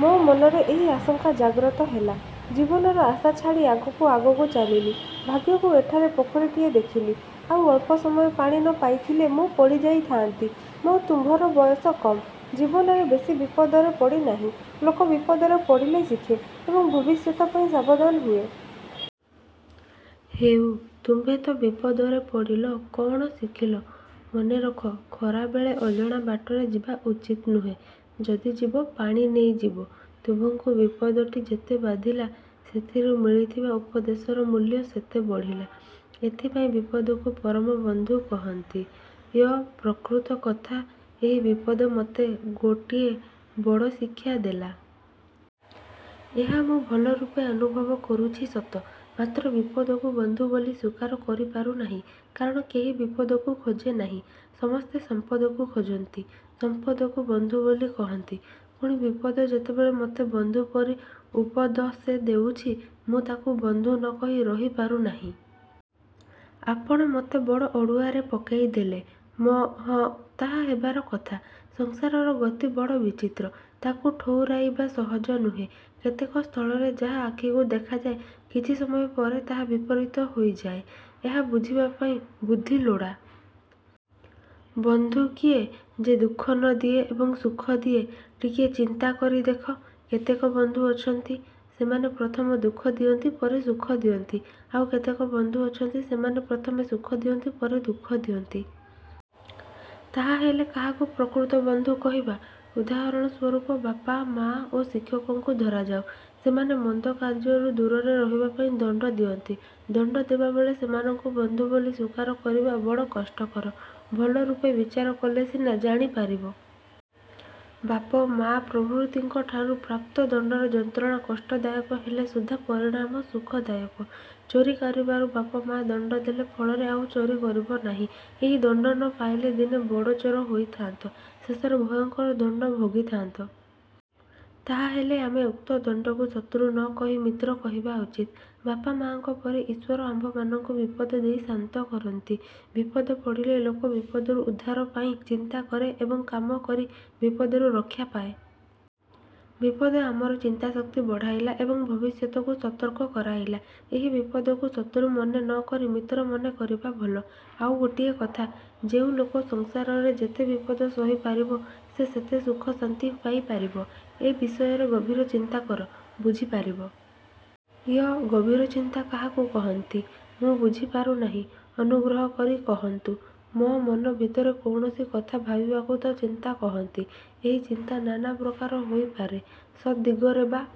ମୋ ମନରେ ଏହି ଆଶଙ୍କା ଜାଗ୍ରତ ହେଲା। ଜୀବନର ଆଶା ଛାଡ଼ି ଆଗକୁ ଆଗକୁ ଚାଲିଲି। ଭାଗ୍ୟକୁ ଏଠାରେ ପୋଖରୀଟିଏ ଦେଖିଲି। ଆଉ ଅଳ୍ପ ସମୟ ପାଣି ନ ପାଇଥିଲେ ମୁଁ ପଡ଼ିଯାଇଥାନ୍ତି। ମ-ତୁମ୍ଭର ବୟସ କମ୍। ଜୀବନରେ ବେଶୀ ବିପଦରେ ପଡ଼ିନାହଁ। ଲୋକ ବିପଦରେ ପଡ଼ିଲେ ଶିଖେ ଏବଂ ଭବିଷ୍ୟତ ପାଇଁ ସାବଧାନ ହୁଏ। ହେଉ, ତୁମ୍ଭେ ତ ବିପଦରେ ପଡ଼ିଲ, କଅଣ ଶିଖିଲ? ମନେରଖ, ଖରାବେଳେ ଅଜଣା ବାଟରେ ଯିବା ଉଚିତ ନୁହେଁ। ଯଦି ଯିବ, ପାଣି ନେଇଯିବ। ତୁମ୍ଭଙ୍କୁ ବିପଦଟି ଯେତେ ବାଧିଲା, ସେଥିରୁ ମିଳିଥିବା ଉପଦେଶର ମୂଲ୍ୟ ସେତେ ବଢ଼ିଲା। ଏଥିପାଇଁ ବିପଦକୁ ପରମବନ୍ଧୁ କହନ୍ତି। ୟ-ପ୍ରକୃତ କଥା, ଏହି ବିପଦ ମୋତେ ଗୋଟିଏ ବଡ଼ ଶିକ୍ଷା ଦେଲା। ଏହା ମୁଁ ଭଲରୂପେ ଅନୁଭବ କରୁଛି ସତ, ମାତ୍ର ବିପଦକୁ ବନ୍ଧୁ ବୋଲି ସ୍ଵୀକାର କରିପାରୁନାହିଁ। କାରଣ କେହି ବିପଦକୁ ଖୋଜେ ନାହିଁ, ସମସ୍ତେ ସମ୍ପଦକୁ ଖୋଜନ୍ତି; ସମ୍ପଦକୁ ବନ୍ଧୁ ବୋଲି କହନ୍ତି। ପୁଣି ବିପଦ ଯେତେବେଳେ ମୋତେ ବନ୍ଧୁପରି ଉପଦଶେ ଦେଉଛି, ମୁଁ ତାକୁ ବନ୍ଧୁ ନ କହି ରହିପାରୁ ନାହିଁ-। ଆପଣ ମୋତେ ବଡ଼ ଅଡ଼ୁଆରେ ପକାଇଦେଲେ। ମ-ହଁ, ତାହା ହେବାର କଥା। ସଂସାରର ଗତି ବଡ଼ ବିଚିତ୍ର। ତାକୁ ଠଉରାଇବା ସହଜ ନୁହେଁ। କେତେକ ସ୍ଥଳରେ ଯାହା ଆଖିକୁ ଦେଖାଯାଏ, କିଛି ସମୟ ପରେ ତାହା ବିପରୀତ ହୋଇଯାଏ। ଏହା ବୁଝିବା ପାଇଁ ବୁଦ୍ଧି ଲୋଡ଼ା। ବନ୍ଧୁ କିଏ? ଯେ ଦୁଃଖ ନ ଦିଏ ଏବଂ ସୁଖ ଦିଏ-। ଟିକିଏ ଚିନ୍ତା କରି ଦେଖ। କେତେକ ବନ୍ଧୁ ଅଛନ୍ତି ସେମାନେ ପ୍ରଥମେ ଦୁଃଖ ଦିଅନ୍ତି ପରେ ସୁଖ ଦିଅନ୍ତି-। ଆଉ କେତେକ ବନ୍ଧୁ ଅଛନ୍ତି, ସେମାନେ ପ୍ରଥମେ ସୁଖ ଦିଅନ୍ତି ପରେ ଦୁଃଖ ଦିଅନ୍ତି। ତାହାହେଲେ କାହାକୁ ପ୍ରକୃତ ବନ୍ଧୁ କହିବା? ଉଦାହରଣ ସ୍ୱରୂପ ବାପ-ମା ଓ ଶିକ୍ଷକଙ୍କୁ ଧରାଯାଉ। ସେମାନେ ମନ୍ଦ କାର୍ଯ୍ୟରୁ ଦୂରରେ ରହିବା ପାଇଁ ଦଣ୍ଡ ଦିଅନ୍ତି। ଦଣ୍ଡ ଦେବାବେଳେ ସେମାନଙ୍କୁ ବନ୍ଧୁ ବୋଲି ସ୍ଵୀକାର କରିବା ବଡ଼ କଷ୍ଟକର। ଭଲରୂପେ ବିଚାର କଲେ ସିନା ଜାଣି ପାରିବ। ବାପ-ମା ପ୍ରଭୃତିଙ୍କ ଠାରୁ ପ୍ରାପ୍ତ ଦଣ୍ଡର ଯନ୍ତ୍ରଣା କଷ୍ଟ ଦାୟକ ହେଲେ ସୁଦ୍ଧା ପରିଣାମ ସୁଖ ଦାୟକ। ଚୋରି କରିବାରୁ ବାପ ମା ଦଣ୍ଡ ଦେଲେ ଫଳରେ ଆଉ ଚୋରି କରିବ ନାହିଁ। ଏହି ଦଣ୍ଡ ନ ପାଇଥିଲେ ଦିନେ ବଡ଼ଚୋର ହୋଇଥାନ୍ତ। ଶେଷରେ ଭୟଙ୍କର ଦଣ୍ଡ ଭୋଗିଥାନ୍ତ। ତାହାହେଲେ ଆମେ ଉକ୍ତ ଦଣ୍ଡକୁ ଶତ୍ରୁ ନ କହି ମିତ୍ର କହିବା ଉଚିତ। ବାପା ମା'ଙ୍କ ପରି ଈଶ୍ଵର ଆମ୍ଭମାନଙ୍କୁ ବିପଦ ଦେଇ ଶାନ୍ତ କରନ୍ତି। ବିପଦ ପଡ଼ିଲେ ଲୋକ ବିପଦରୁ ଉଦ୍ଧାର ପାଇଁ ଚିନ୍ତା କରେ ଏବଂ କାମ କରି ବିପଦରୁ ରକ୍ଷା ପାଏ। ବିପଦ ଆମର ଚିନ୍ତାଶକ୍ତି ବଢ଼ାଇଲା ଏବଂ ଭବିଷ୍ୟତକୁ ସତର୍କ କରାଇଲା। ଏଣୁ ବିପଦକୁ ଶତ୍ରୁ ମନେ ନ କରି ମିତ୍ର ମନେ କରିବା ଭଲ। ଆଉ ଗୋଟିଏ କଥା, ଯେଉଁ ଲୋକ ସଂସାରରେ ଯେତେ ବିପଦ ସହିପାରିବ ସେ ତେତେ ସୁଖ ଶାନ୍ତି ପାଇପାରିବ। ଏ ବିଷୟରେ ଗଭୀର ଚିନ୍ତା କର, ବୁଝି ପାରିବ-। ୟ-ଗଭୀରଚିନ୍ତା କାହାକୁ କହନ୍ତି, ମୁଁ ବୁଝିପାରୁନାହିଁ; ଅନୁଗ୍ରହ କରି କହନ୍ତୁ। ମ-ମନ ଭିତରେ କୌଣସି କଥା ଭାବିବାକୁ ତ ଚିନ୍ତା କହନ୍ତି? ଏହି ଚିନ୍ତା ନାନାପ୍ରକାର ହୋଇପାରେ, ସତ୍ ଦିଗରେ ବା